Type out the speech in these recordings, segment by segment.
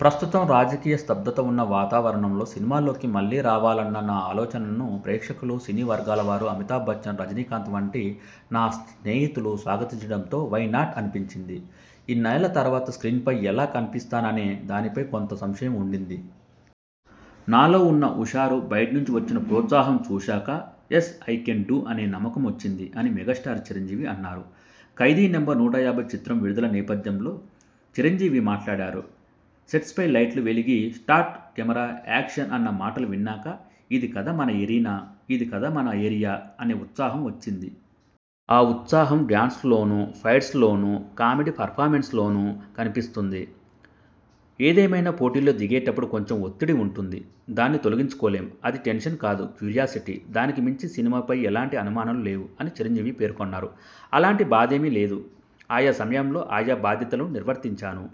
ప్రస్తుతం రాజకీయంగా స్తబ్దత ఉన్న వాతావరణంలో సినిమాల్లోకి మళ్లీ రావాలన్న నా ఆలోచనను ప్రేక్షకులు, సినీ వర్గాల వారు, అమితాబ్ బచ్చన్, రజనీకాంత్ వంటి నా స్నేహితులు స్వాగతించడంతో 'వై నాట్' అనిపించింది. ఇన్నేళ్ల తర్వాత స్క్రీన్ పై ఎలా కనిపిస్తాననే దానిపై కొంత సంశయం ఉండింది. నాలో ఉన్న హుషారు, బయటి నుంచి వచ్చిన ప్రోత్సాహం చూశాక 'యస్ ఐ కెన్ డు' అనే నమ్మకమొచ్చింది. అని మెగాస్టార్ చిరంజీవి అన్నారు. ఖైదీ నంబరు నూట యాభై' చిత్రం విడుదల నేపథ్యంలో చిరంజీవి మాట్లాడారు. సెట్స్పై లైట్లు వెలిగి స్టార్ట్ కెమెరా యాక్షన్ అన్న మాటలు విన్నాక ఇది కదా మన ఎరీనా, ఇది కదా మన ఏరియా అనే ఉత్సాహం వచ్చింది. ఆ ఉత్సాహం డాన్సుల్లోనూ, ఫైట్స్లోనూ, కామెడీ పర్ఫార్మెన్సు లోనూ కనిపిస్తుంది. ఏదేమైనా పోటీలో దిగేటప్పుడు కొంచెం ఒత్తిడి ఉంటుంది. దాన్ని తొలగించుకోలేం. అది టెన్షన్ కాదు, క్యూరియాసిటీ. దానికి మించి సినిమాపై ఎలాంటి అనుమానాలు లేవు. అని చిరంజీవి పేర్కొన్నారు. అలాంటి బాధేమీ లేదు. ఆయా సమయంలో ఆ యా బాధ్యతలు నిర్వర్తించాను.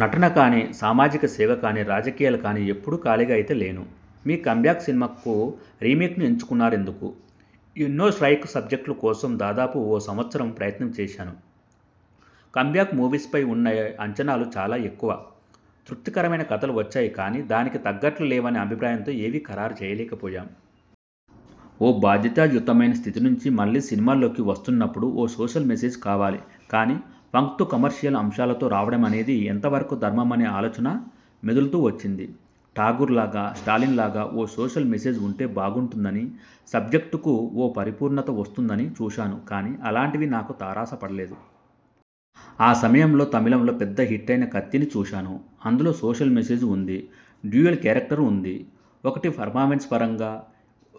నటన కానీ, సామాజిక సేవ కానీ, రాజకీయాలు కానీ ఎప్పుడూ ఖాళీగా అయితే లేను. మీ కమ్బ్యాక్ సినిమాకు రీమేక్ను ఎంచుకున్నారెందుకు? ఎన్నో స్ట్రయిట్ సబ్జెక్ట్స్ కోసం దాదాపు ఓ సంవత్సరం ప్రయత్నం చేశాను. కమ్ బ్యాక్ మూవీపై ఉన్నఅంచనాలు చాలా ఎక్కువ. తృప్తికరమైన కథలు వచ్చాయి కానీ దానికి తగ్గట్లు లేవనే అభిప్రాయంతో ఏవీ ఖరారు చేయలేకపోయాం. ఓ బాధ్యతాయుతమైన స్థితి నుంచి మళ్లీ సినిమాల్లోకి వస్తున్నప్పుడు ఓ సోషల్ మెసేజ్ కావాలి కానీ ఫక్తు కమర్షియల్ అంశాలతో రావడమనేది ఎంతవరకు ధర్మమనే ఆలోచన మెదలుతూ వచ్చింది. 'ఠాగూర్'లాగా, 'స్టాలిన్'లాగా ఓ సోషల్ మెసేజ్ ఉంటే బాగుంటుందనీ, సబ్జెక్టు కు ఓ పరిపూర్ణత వస్తుందనీ చూశాను కానీ, అలాంటివి నాకు తారస పడలేదు. ఆ సమయంలో తమిళంలో పెద్ద హిట్టయిన 'కత్తి'ని చూశాను. అందులో సోషల్ మెసేజ్ ఉంది. డ్యూయెల్ కేరక్టర్ ఉంది. ఒకటి పర్ఫార్మెన్స్ పరంగా,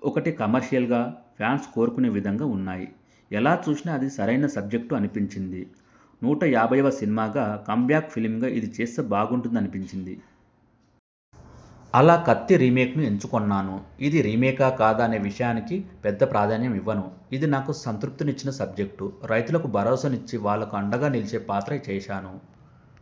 ఒకటి కమర్షియల్గా ఫ్యాన్స్ కోరుకునే విధంగా ఉన్నాయి. ఎలా చూసినా అది సరైన సబ్జెక్టు అనిపించింది. నూట యాభైవ సినిమాగా, కమ్ బ్యాక్ ఫిల్మ్గా ఇది చేస్తే బాగుంటుందనిపించింది. అలా 'కత్తి' రీమేక్ను ఎంచుకొన్నాను. ఇది రీమేకా, కాదా అనే విషయానికి పెద్ద ప్రాధాన్యం ఇవ్వను. ఇది నాకు సంతృప్తినిచ్చిన సబ్జెక్టు. రైతులకు భరోసానిచ్చి, వాళ్లకు అండగా నిలిచే పాత్ర చేశాను.